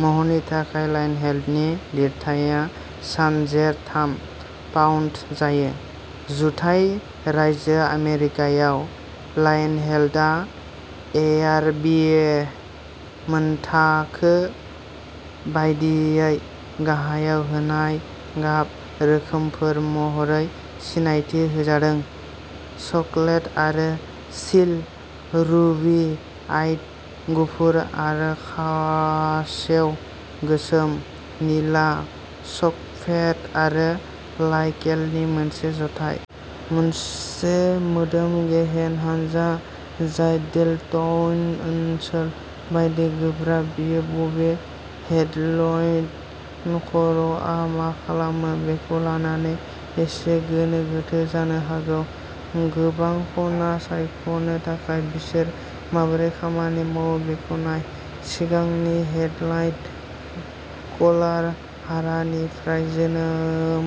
महरनि थाखाय, लायनहेडनि लिरथाया सानजेर थाम पाउन्द जायो। जुथाइ रायजो आमेरिकायाव, लायनहेडआ, एआरबिए मानथाखो बायदियै, गाहायाव होनाय गाब/रोखोमफोर महरै सिनायथि होजादोंः चकलेट आरो सील, रुबि आइड गुफुर आरो खासेव, गोसोम, निला, चकलेट आरो लाइलेकनि मोनसे जथाय। मोनसे मोदोम-गेहेन हानजा जाय डेलटइड ओनसोल बायदि गोब्राब, बेयो बबे डेलटइड खर'आ मा खालामो बेखौ लानानै एसे गोनो-गोथो जानो हागौ। गोबां खना सायख'नो थाखाय बिसोर माबोरै खामानि मावो बेखौ नाय। सिगांनि डेलटइडः कलार हारानिफ्राय जोनोम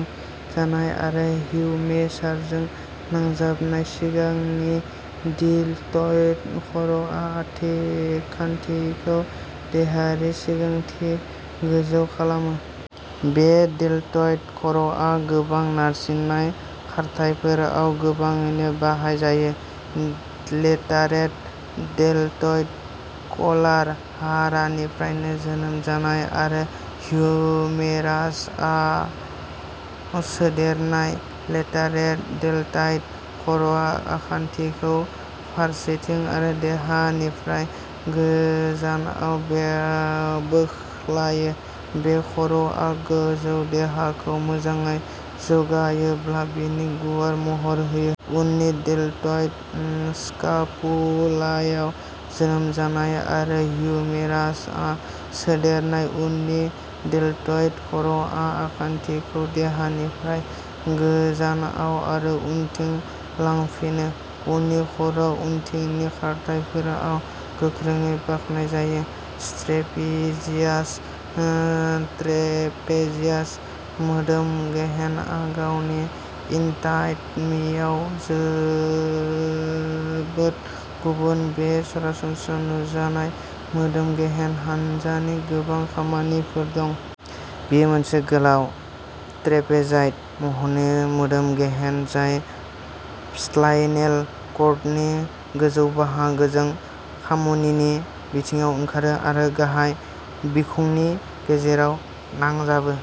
जानाय आरो हिउमेरासजों नांजाबनाय, सिगांनि डेलटइड खर'आ आखान्थिखौ देहानि सिगांथिं गोजौ खालामो। बे डेलटइड खर'आ गोबां नारसिननाय खारथाइफोराव गोबाङैनो बाहायजायो। लेटारेल डेलटइडः कलार हारानिफ्रायबो जोनोम जानाय आरो ह्यूमेरासआव सोदेरनाय, लेटारेल डेलटइड खर'आ आखान्थिखौ फारसेथिं आरो देहानिफ्राय गोजानाव बोख्लायो। बे खर'आ गोजौ देहाखौ मोजाङै जौगायोब्ला बिनि गुवार महर होयो। उननि डेलटइडः स्कापुलायाव जोनोम जानाय आरो ह्यूमेरासआव सोदेरनाय, उननि डेलटइड खर'आ आखान्थिखौ देहानिफ्राय गोजानाव आरो उनथिं लांफिनो। उननि खर'आ उनथिंनि खारथाइफोराव गोख्रोङै बाहायजायो। ट्रेपेजियासः ट्रेपेजियास मोदोम गेहेनआ गावनि एनाटमीआव जोबोद गुबुन। बे सरासनस्रा नुजानाय मोदोम गेहेन हान्जानि गोबां खामानिफोर दं। बेयो मोनसे गोलाव, ट्रेपेजइड महरनि मोदोम गेहेन जाय स्पाइनेल कर्डनि गोजौ बाहागोजों खामुनिनि बिथायाव ओंखारो आरो गाहाय बिखुंनि गेजेराव नांजाबो।